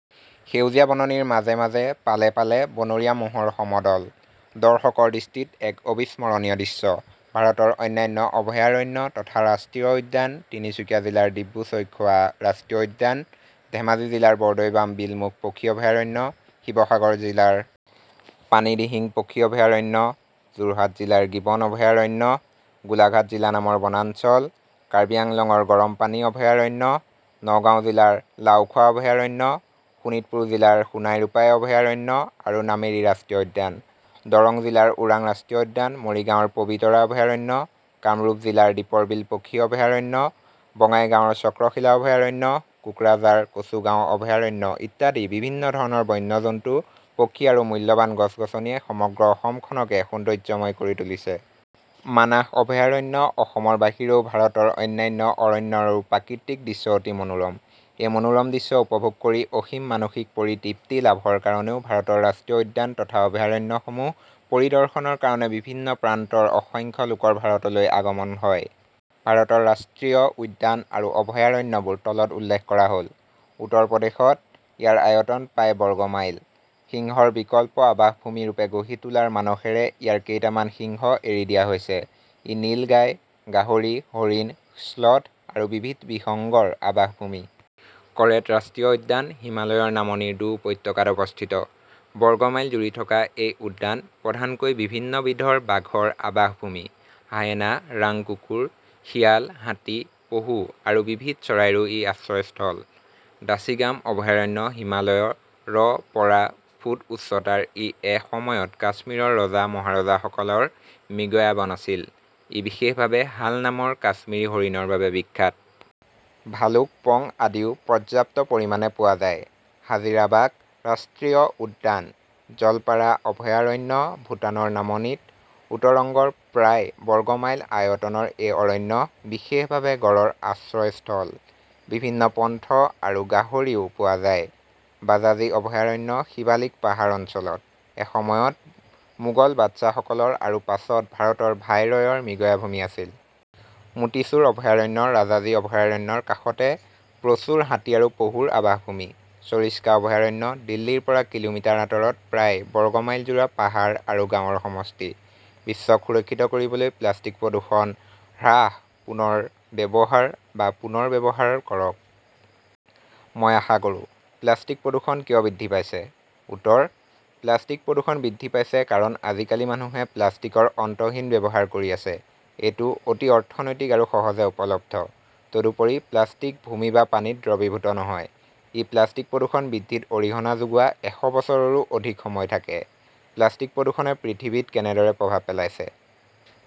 সেউজীয়া বননিৰ মাজে মাজে পালে পালে বনৰীয়া ম'হৰ সমদল, দৰ্শকৰ দৃষ্টিত এক অবিস্মৰণীয়া দৃশ্য। ভাৰতৰ অন্যান্য অভয়াৰণ্য তথা ৰাষ্ট্ৰীয় উদ্যান তিনিচুকীয়া জিলাৰ ডিব্ৰু-চৈখােৱা ৰাষ্ট্ৰীয় উদ্যান, ধেমাজী জিলাৰ বৰদৈবাম বিলমুখ পক্ষী অভয়াৰণ্য, শিৱসাগৰ জিলাৰ পানীদিহিং পক্ষী অভয়াৰণ্য, যােৰহাট জিলাৰ গিবন অভয়াৰণ্য, গােলাঘাট জিলাৰ নামৰ বনাঞ্চল, কাৰ্বি আংলঙৰ গৰমপানী অভয়াৰণ্য, নগাঁও জিলাৰ লাউখােৱা অভয়াৰণ্য, শােণিতপুৰ জিলাৰ সােনাই-ৰূপাই অভয়াৰণ্য আৰু নামেৰী ৰাষ্ট্ৰীয় উদ্যান, দৰং জিলাৰ ওৰাং ৰাষ্ট্ৰীয় উদ্যান, মৰিগাঁৱৰ পবিতৰা অভয়াৰণ্য, কামৰূপ জিলাৰদীপৰ বিল পক্ষী অভয়াৰণ্য, বঙাইগাঁৱৰ চক্ৰশিলা অভয়াৰণ্য, কোকৰাঝাৰ কচুগাঁও অভয়াৰণ্য ইত্যাদি বিভিন্ন ধৰণৰ বন্য জন্তু, পক্ষী আৰু মূল্যবান গছ-গছনিয়ে সমগ্ৰ অসমখনকে সৌন্দৰ্যময় কৰি তুলিছে। মানাহ অভয়াৰণ্য অসমৰ বাহিৰেও ভাৰতৰ অন্যান্য অৰণ্যৰাে প্ৰাকৃতিক দৃশ্য অতি মনােৰম। এই মনােৰম দৃশ্য উপভােগ কৰি অসীম মানসিক পৰিতৃপ্তি লাভৰ কাৰণেও ভাৰতৰ ৰাষ্ট্ৰীয় উদ্যান তথা অভয়াৰণ্যসমূহ পৰিদৰ্শনৰ কাৰণে পৃথিৱীৰ বিভিন্ন প্ৰান্তৰ অসংখ্য লােকৰ ভাৰতলৈ আগমন হয়। ভাৰতৰ ৰাষ্ট্ৰীয় উদ্যান আৰু অভয়াৰণ্যবােৰ তলত উল্লেখ কৰা হ'ল- উত্তৰ প্ৰদেশত; ইয়াৰ আয়তন প্ৰায় বৰ্গ মাইল। সিংহৰ বিকল্প আবাসভূমি ৰূপে গঢ়ি তােলাৰ মানসেৰে ইয়াৰ কেইটামান সিংহ এৰি দিয়া হৈছে। ই নীল গাই, গাহৰি, হৰিণ, শ্লথ আৰু বিবিধ বিহঙ্গৰ আবাসভূমি।. কৰেট ৰাষ্ট্ৰীয় উদ্যান হিমালয়ৰ নামনিৰ ডু উপত্যকাত অৱস্থিত বৰ্গ মাইল জুৰি থকা এই উদ্যান প্ৰধানকৈ বিভিন্ন বিধৰ বাঘৰ আবাসভূমি। হায়েনা, ৰাং কুকুৰ, শিয়াল, হাতী, পহু আৰু বিবিধ চৰাইৰাে ই আশ্ৰয়স্থল।. দাচিগাম অভয়াৰণ্য হিমালয়ৰ -ৰ পৰা ফুট উচ্চতাৰ ই এসময়ত কাশ্মীৰৰ ৰজা-মহাৰজাসকলৰ মৃগয়াবন আছিল৷ ই বিশেষভাৱে হাল নামৰ কাশ্মীৰী হৰিণৰ বাবে বিখ্যাত। ভালুক, পং অদিও পৰ্যাপ্ত পৰিমাণে পােৱা যায়।. হাজাৰিবাগ ৰাষ্ট্ৰীয় উদ্যান. জলপাৰা অভয়াৰণ্য ভূটানৰ নামনিত, উত্তৰংগৰ প্ৰায় বৰ্গ মাইল আয়তনৰ এই অৰণ্য বিশেষভাৱে গঁড়ৰ আশ্ৰয়স্থল। বিভিন্ন পন্থ আৰু গাহৰিও পোয়া যায়।. বাজাজী অভয়াৰণ্য শিবালিক পাহাৰ অঞ্চলত; এসময়ত মােগল বাদচাহসকলৰ আৰু পাছত ভাৰতৰ ভাইৰয়ৰ মৃগয়াভূমি আছিল।. মােটিচুৰ অভয়াৰণ্য ৰাজাজী অভয়াৰণ্যৰ কাষতে; প্ৰচুৰ হাতী আৰু পহুৰ আবাসভূমি।। চৰিষ্কা অভয়াৰণ্য দিল্লীৰপৰা কিলােমিটাৰ আঁতৰত প্ৰায় বৰ্গ মাইল জোৰা পাহাৰ আৰু গাঁৱৰ সমষ্টি। বিশ্বক সুৰক্ষিত কৰিবলৈ প্লাষ্টিক প্ৰদূষণ "হ্ৰাস, পুনৰ ব্যৱহাৰ বা পুনৰব্যৱহাৰ" কৰক। মই আশা কৰোঁ. প্লাষ্টিকৰ প্ৰদূষণ কিয় বৃদ্ধি পাইছে? উত্তৰ: প্লাষ্টিক প্ৰদূষণ বৃদ্ধি পাইছে কাৰণ আজিকালি মানুহে প্লাষ্টিকৰ অন্তহীন ব্যৱহাৰ কৰি আছে। এইটো অতি অৰ্থনৈতিক আৰু সহজে উপলব্ধ। তদুপৰি, প্লাষ্টিক ভূমি বা পানীত দ্ৰৱীভূত নহয়, ই প্লাষ্টিক প্ৰদূষণ বৃদ্ধিত অৰিহণা যোগোৱা এশ বছৰৰো অধিক সময় থাকে।. প্লাষ্টিকপ্ৰদূষণে পৃথিৱীত কেনেদৰে প্ৰভাৱ পেলাইছে?